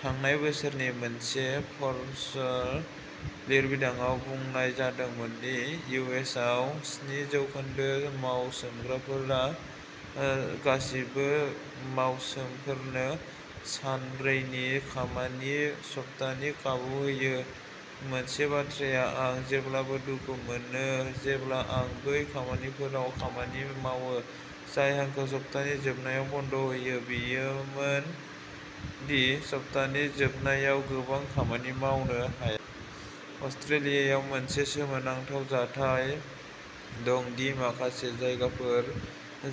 थांनाय बोसोरनि मोनसे फ'र्ब्स लिरबिदांआव बुंनाय जादोंमोन दि इउ एस आव स्नि जौखोन्दो मावसोमग्राफोरा गासिबो मावसाफोरनो सानब्रैनि खामानि सप्तानि खाबु होयो। मोनसे बाथ्राया आं जेब्लाबो दुखु मोनो जेब्ला आं बै खामानिफोराव खामानि मावो जाय आंखौ सप्तानि जोबनायाव बन्द होयो, बेयोमोन दि सप्तानि जोबनायाव गोबां खामानि मावनो हाया। अस्ट्रेलियायाव मोनसे सोमोनांथाव जाथाय दं दि माखासे जायगाफोर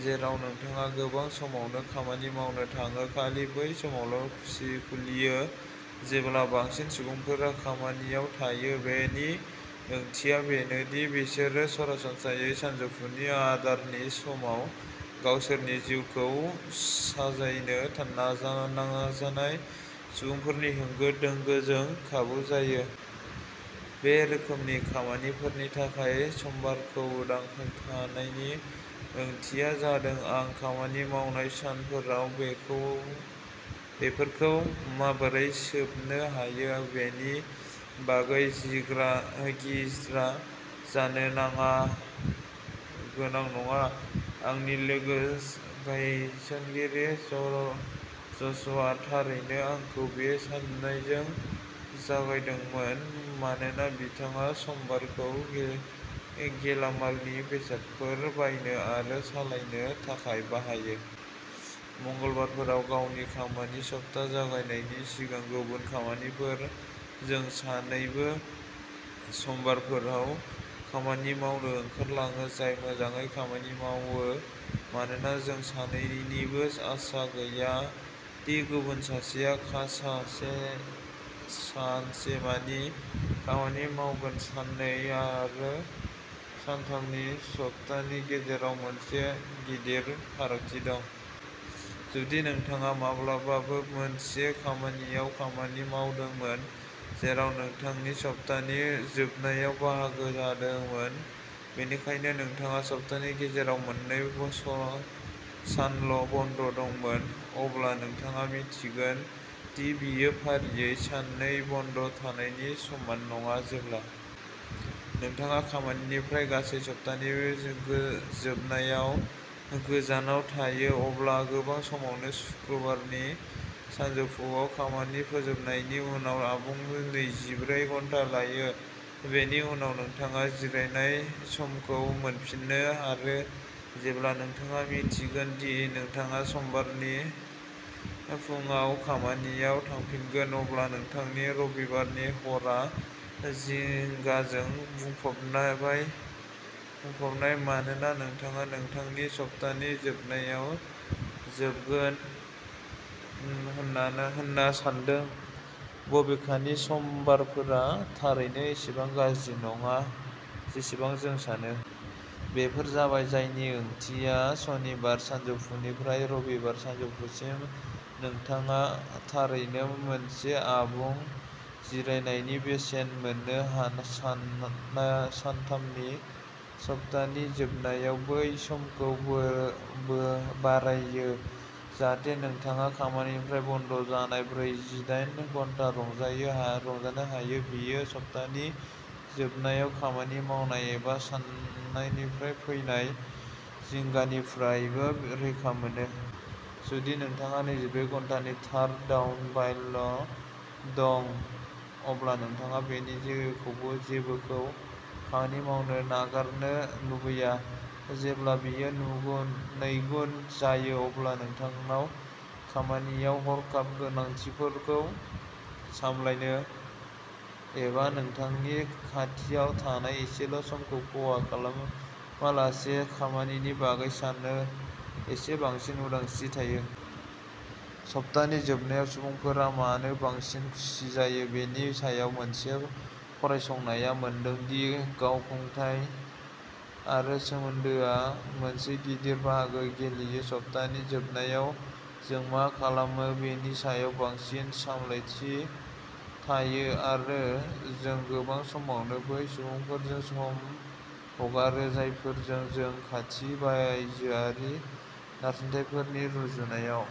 जेराव नोंथाङा गोबां समावनो खामानि मावनो थाङो खालि बै समावल' खुलियो जेब्ला बांसिन सुबुंफोरा खामानियाव थायो। बेनि ओंथिया बेनो दि बिसोरो सरासनस्रायै सानजौफुनि आदारनि समाव गावसोरनि जिउखौ साजायनो नाजानाय सुबुंफोरनि होंगो दोंगोजों आबुं जायो। बे रोखोमनि खामानिफोरनि थाखाय समबारखौ उदां थानायनि ओंथिया जादों आं खामानि मावनाय सानफोराव बेफोरखौ माबोरै सोबनो हायो बेनि बागै गिज्रा जानो गोनां नङा। आंनि लोगो गायसनगिरि ज'शआ थारैनो आंखौ बे साननायजों जागायदोंमोन, मानोना बिथाङा समबारखौ गेलामालनि बेसादफोर बायनो आरो सालायनो थाखाय बाहायो। मंगलबारफोराव गावनि खामानि सप्ता जागायनायनि सिगां गुबुन खामानिफोर। जों सानैबो समबारफोराव खामानि मावनो ओंखारलाङो, जाय मोजाङै खामानि मावो मानोना जों सानैनिबो आसा गैया दि गुबुन सासेया सानसेमानि खामानि मावगोन। साननै आरो सानथामनि सप्तानि गेजेराव मोनसे गिदिर फारागथि दं। जुदि नोंथाङा माब्लाबाबो मोनसे खामानियाव खामानि मावदोंमोन जेराव नोंथांनि सप्तानि जोबनायाव बाहागो जादोंमोन, बेनिखायनो नोंथाङा सप्तानि गेजेराव मोननै सानल' बन्द' दंमोन, अब्ला नोंथाङा मिन्थिगोन दि बेयो फारियै साननै बन्द' थानायनि समान नङा। जेब्ला नोंथाङा खामानिनिफ्राय गासै सप्तानि जोबनायाव गोजानाव थायो अब्ला गोबां समावनो सुक्रुबारनि सानजौफुआव खामानि फोजोबनायनि उनाव आबुं नैजिब्रै घन्टा लायो, बेनि उनाव नोंथाङा जिरायनाय समखौ मोनफिनो आरो जेब्ला नोंथाङा मिन्थिगोन दि नोंथाङा समबारनि फुंआव खामानियाव थांफिनगोन, अब्ला नोंथांनि रबिबारनि हरआ जिंगाजों बुंफबनाय मानोना नोंथाङा नोंथांनि सप्तानि जोबनायाव जोबगोन होनना सान्दों बबेखानि समबारफोरा थारैनो एसेबां गाज्रि नङा जेसेबां जों सानो। बेफोर जाबाय जायनि ओंथिया सनिबार सानजौफुनिफ्राय रबिबार सानजौफुसिम, नोंथाङा थारैनो सानसे आबुं जिरायनायनि बेसेन मोनो। सानथामनि सप्तानि जोबनायाव बै समखौ बारायो जाहाथे नोंथाङा खामानिनिफ्राय बन्द जानाय ब्रैजिडाइन घन्टा रंजानो हायो। बेयो सप्तानि जोबनायाव खामानि मावनाय एबा साननायनिफ्राय फैनाय जिंगानिफ्रायबो रैखा मोनो। जुदि नोंथांनाव नैजिब्रै घन्टानि थार डाउनटाइमल' दं, अब्ला नोंथाङा बेनि जेबोखौ खामानि मावनो नागारनो लुबैया। जेब्ला बेयो नैगुन जायो अब्ला नोंथांनाव खामानियाव हरखाब गोनांथिफोरखौ सामलायनो एबा नोंथांनि खाथियाव थानाय एसेल' समखौ खहा खालामालासे खामानिनि बागै साननो एसे बांसिन उदांस्रि थायो। सप्तानि जोबनायाव सुबुंफोरा मानो बांसिन खुसि जायो बेनि सायाव मोनसे फरायसंनाया मोनदों दि गावखुंथाय आरो सोमोन्दोआ मोनसे गिदिर बाहागो गेलेयो। सप्तानि जोबनायाव जों मा खालामो बेनि सायाव बांसिन सामलायथि थायो आरो जों गोबां समावनो बै सुबुंफोरजों सम हगारो जायफोरजों जों खाथि बायजोआरि नारसिनथायफोरनि रुजुनायाव।